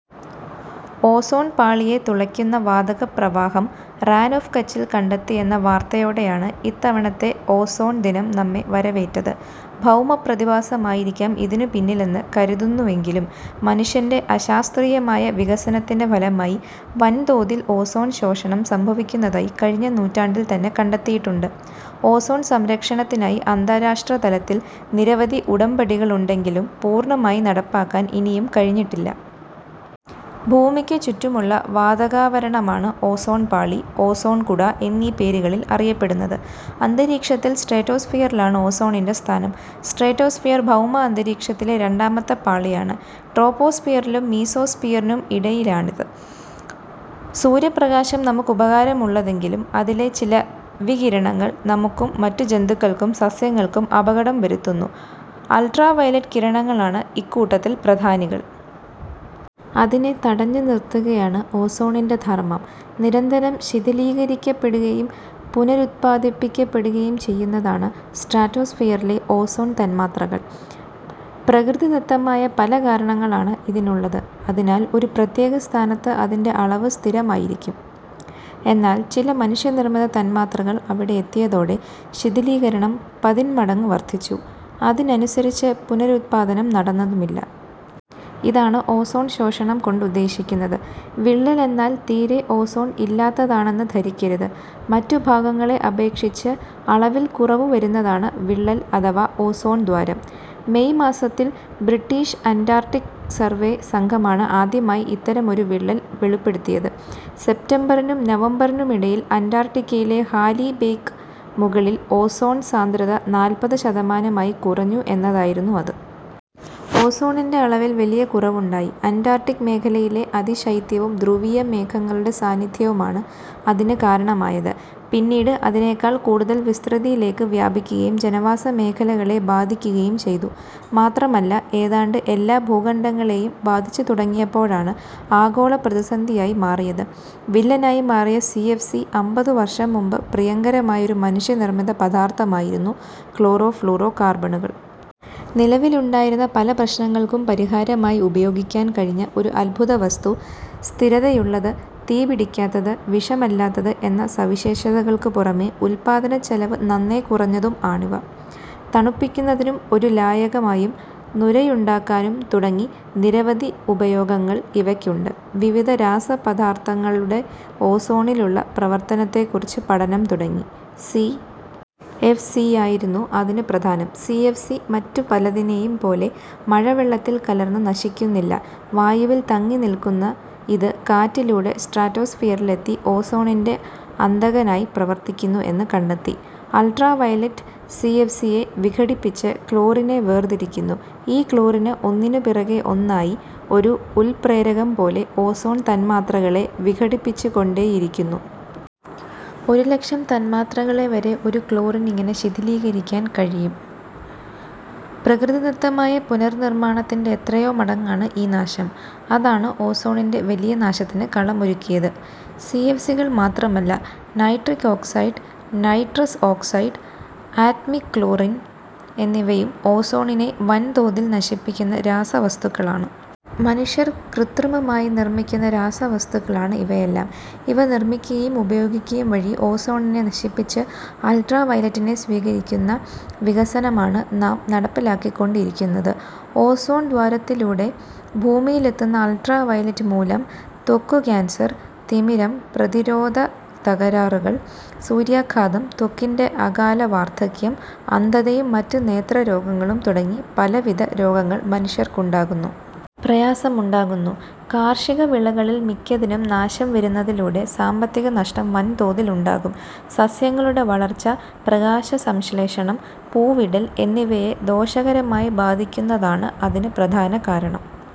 Ozone പാളിയെ തുളയ്ക്കുന്ന വാതകപ്രവാഹം റാൻ ഓഫ് കച്ചിൽ കണ്ടെത്തിയെന്ന വാർത്തയോടെയാണ് ഇത്തവണത്തെ ഓസോൺ ദിനം നമ്മെ വരവേറ്റത്. ഭൗമ പ്രതിഭാസമായിരിക്കാം ഇതിനുപിന്നിലെന്ന് കരുതുന്നുവെങ്കിലും മനുഷ്യൻ്റെ അശാസ്ത്രീയമായ വികസനത്തിൻ്റെ ഫലമായി വൻതോതിൽ ഓസോൺ ശോഷണം സംഭവിക്കുന്നതായി കഴിഞ്ഞ നൂറ്റാണ്ടിൽതന്നെ കണ്ടെത്തിയിട്ടുണ്ട്. ഓസോൺ സംരക്ഷണത്തിനായി അന്താരാഷ്ട്രതലത്തിൽ നിരവധി ഉടമ്പടികളുണ്ടെങ്കിലും പൂർണ്ണമായി നടപ്പാക്കാൻ ഇനിയും കഴിഞ്ഞിട്ടില്ല. ഭൂമിക്കു ചുറ്റുമുള്ള വാതകാവരണമാണ് ഓസോൺപാളി, ഓസോൺകുട എന്നീ പേരുകളിൽ അറിയപ്പെടുന്നത്. അന്തരീക്ഷത്തിൽ സ്ട്രാറ്റോസ്ഫിയറിലാണ് ഓസോണിൻ്റെ സ്ഥാനം. സ്ട്രാറ്റോസ്ഫിയർ ഭൗമാന്തരീക്ഷത്തിലെ രണ്ടാമത്തെ പാളിയാണ്. ട്രോപോസ്ഫിയറിനും മീസോസ്ഫിയറിനും ഇടയിലാണിത്. സൂര്യപ്രകാശം നമുക്ക് ഉപകാരമുള്ളതെങ്കിലും അതിലുള്ള ചില വികിരണങ്ങൾ നമുക്കും മറ്റു ജന്തുക്കൾക്കും സസ്യങ്ങൾക്കും അപകടം വരുത്തുന്നു. അൾട്ട്രാവയലറ്റ് വികിരണങ്ങളാണ് ഇക്കൂട്ടത്തിൽ പ്രധാനികൾ. അതിനെ തടഞ്ഞുനിർത്തുകയാണ് ഓസോണിൻ്റെ ധർമ്മം. നിരന്തരം ശിഥിലീകരിക്കപ്പെടുകയും പുനരുത്പാദിപ്പിക്കപ്പെടുകയും ചെയ്യുന്നതാണ് സ്ട്രാറ്റോസ്ഫിയറിലെ ഓസോൺ തന്മാത്രകൾ. പ്രകൃതിദത്തമായ പലകാരണങ്ങളാണ് ഇതിനുള്ളത്. അതിനാൽ ഒരു പ്രത്യേക സ്ഥാനത്ത് അതിൻ്റെ അളവ് സ്ഥിരമായിരിക്കും. എന്നാൽ ചില മനുഷ്യനിർമിത തന്മാത്രകൾ അവിടെ എത്തിയതോടെ ശിഥിലീകരണം പതിന്മടങ്ങ് വർധിച്ചു. അതിനനുസരിച്ച് പുനരുത്പാദനം നടന്നതുമില്ല. ഇതാണ് ഓസോൺശോഷണം കൊണ്ട് ഉദ്ദേശിക്കുന്നത്. വിള്ളലെന്നാല് തീരേ ഓസോൺ ഇല്ലാത്തതാണെന്ന് ധരിക്കരുത്. മറ്റു ഭാഗങ്ങളെ അപേക്ഷിച്ച് അളവിൽ കുറവുവരുന്നതാണ് വിള്ളൽ അഥവാ ഓസോൺദ്വാരം. മേയ് മാസത്തിൽ ബ്രിട്ടീഷ് അൻ്റാർട്ടിക് സർവ്വേ സംഘമാണ് ആദ്യമായി ഇത്തരമൊരു വിള്ളൽ വെളിപ്പെടുത്തിയത്. സെപ്റ്റംബറിനും നവംബറിനുമിടയിൽ അൻ്റാർട്ടിക്കയിലെ ഹാലി ബേക്കു മുകളിൽ ഓസോൺസാന്ദ്രത നാൽപത് ശതമാനമായി കുറഞ്ഞു എന്നതായിരുന്നു അത്. ഓസോണിൻ്റെ അളവിൽ വലിയ കുറവുണ്ടായി. അൻ്റാർട്ടിക് മേഖലയിലെ അതിശൈത്യവും ധ്രുവീയ മേഘങ്ങളുടെ സാന്നിധ്യവുമാണ് അതിനു കാരണമായത്. പിന്നീട് അതിനെക്കാൾ കൂടുതൽ വിസ്തൃതിയിലേക്ക് വ്യാപിക്കുകയും ജനവാസമേഖലകളെ ബാധിക്കുകയും ചെയ്തു. മാത്രമല്ല ഏതാണ്ട് എല്ലാ ഭൂഖണ്ഡങ്ങളെയും ബാധിച്ചുതുടങ്ങിയപ്പോഴാണ് ആഗോളപ്രതിസന്ധിയായി മാറിയത്. വില്ലനായി മാറിയ സി. എഫ്. സി അമ്പതുവർഷം മുമ്പ് പ്രിയങ്കരമായ ഒരു മനുഷ്യനിർമിത പദാർധമായിരുന്നു ക്ലോറോ ഫ്ളൂറോ കാർബണുകൾ. നിലവിലുണ്ടായിരുന്ന പല പ്രശ്നങ്ങൾക്കും പരിഹാരമായി ഉപയോഗിക്കാൻ കഴിഞ്ഞ ഒരു അദ്ഭുതവസ്തു. സ്ഥിരതയുള്ളത്, തീപിടിക്കാത്തത്, വിഷമല്ലാത്തത് എന്ന സവിശേഷതകൾക്കു പുറമേ ഉത്പാദനച്ചെലവ് നന്നേ കുറഞ്ഞതും ആണിവ. തണുപ്പിക്കുന്നതിനും ഒരു ലായകമായും നുരയുണ്ടാക്കാനും തുടങ്ങി നിരവധി ഉപയോഗങ്ങൾ ഇവയ്ക്കുണ്ട്. വിവിധ രാസപദാർധങ്ങളുടെ ഓസോണിലുള്ള പ്രവർത്തനത്തെക്കുറിച്ച് പഠനം തുടങ്ങി. സി. എഫ്. സി. യായിരുന്നു അതിൽ പ്രധാനം. സി. എഫ്. സി മറ്റു പലതിനെയും പോലെ മഴവെള്ളത്തിൽ കലർന്ന് നശിക്കുന്നില്ല. വായുവിൽ തങ്ങിനിൽക്കുന്ന ഇത് കാറ്റിലൂടെ സ്ട്രാറ്റോസ്ഫിയറിലെത്തി ഓസോണിൻ്റെ അന്തകനായി പ്രവർത്തിക്കുന്നു എന്ന് കണ്ടെത്തി. Ultraviolet C. എഫ്. സിയെ വിഘടിപ്പിച്ച് ക്ലോറിനെ വേർതിരിക്കുന്നു. ഈ ക്ലോറിന് ഒന്നിനു പിറകെ ഒന്നായി ഒരു ഉൽപ്രേരകം പോലെ ഓസോൺ തന്മാത്രകളെ വിഘടിപ്പിച്ചുകൊണ്ടേയിരിക്കുന്നു. ഒരുലക്ഷം തന്മാത്രകളെവരെ ഒരു ക്ലോറിന് ഇങ്ങനെ ശിഥിലീകരിക്കാൻ കഴിയും. പ്രകൃതിദത്തമായ പുനർനിർമാണത്തിൻ്റെ എത്രയോ മടങ്ങാണ് ഈ നാശം. അതാണ് ഓസോണിൻ്റെ വലിയ നാശത്തിന് കളമൊരുക്കിയത്. സി. എഫ്. സികൾ മാത്രമല്ല, nitric oxide, nitrous oxide, atomic chlorine എന്നിവയും ഓസോണിനെ വൻതോതിൽ നശിപ്പിക്കുന്ന രാസവസ്തുക്കളാണ്. മനുഷ്യൻ കൃത്രിമമായി നിർമിക്കുന്ന രാസവസ്തുക്കളാണ് ഇവയെല്ലാം. ഇവ നിർമിക്കുകയും ഉപയോഗിക്കുകയും വഴി, ഓസോണിനെ നശിപ്പിച്ച് അൾട്രാവയലറ്റിനെ സ്വീകരിക്കുന്ന വികസനമാണ് നാം നടപ്പിലാക്കിക്കൊണ്ടിരിക്കുന്നത്. ഓസോൺദ്വാരത്തിലൂടെ ഭൂമിയിലെത്തുന്ന അൾട്രാവയലറ്റ് മൂലം ത്വക്ക് കാൻസർ, തിമിരം, പ്രതിരോധത്തകരാറുകൾ, സൂര്യാഘാതം, ത്വക്കിൻ്റെ അകാല വാർധക്യം, അന്ധതയും മറ്റ് നേത്രരോഗങ്ങളും തുടങ്ങി പലവിധ രോഗങ്ങൾ മനുഷ്യർക്കുണ്ടാകുന്നു. പ്രയാസമുണ്ടാകുന്നു. കാർഷികവിളകളിൽ മിക്കതിനും നാശം വരുന്നതിലൂടെ സാമ്പത്തിക നഷ്ടം വൻതോതിൽ ഉണ്ടാകും. സസ്യങ്ങളുടെ വളർച്ച, പ്രകാശസംശ്ലേഷണം, പൂവിടൽ എന്നിവയെ ദോഷകരമായി ബാധിക്കുന്നതാണ് അതിന് പ്രധാന കാരണം.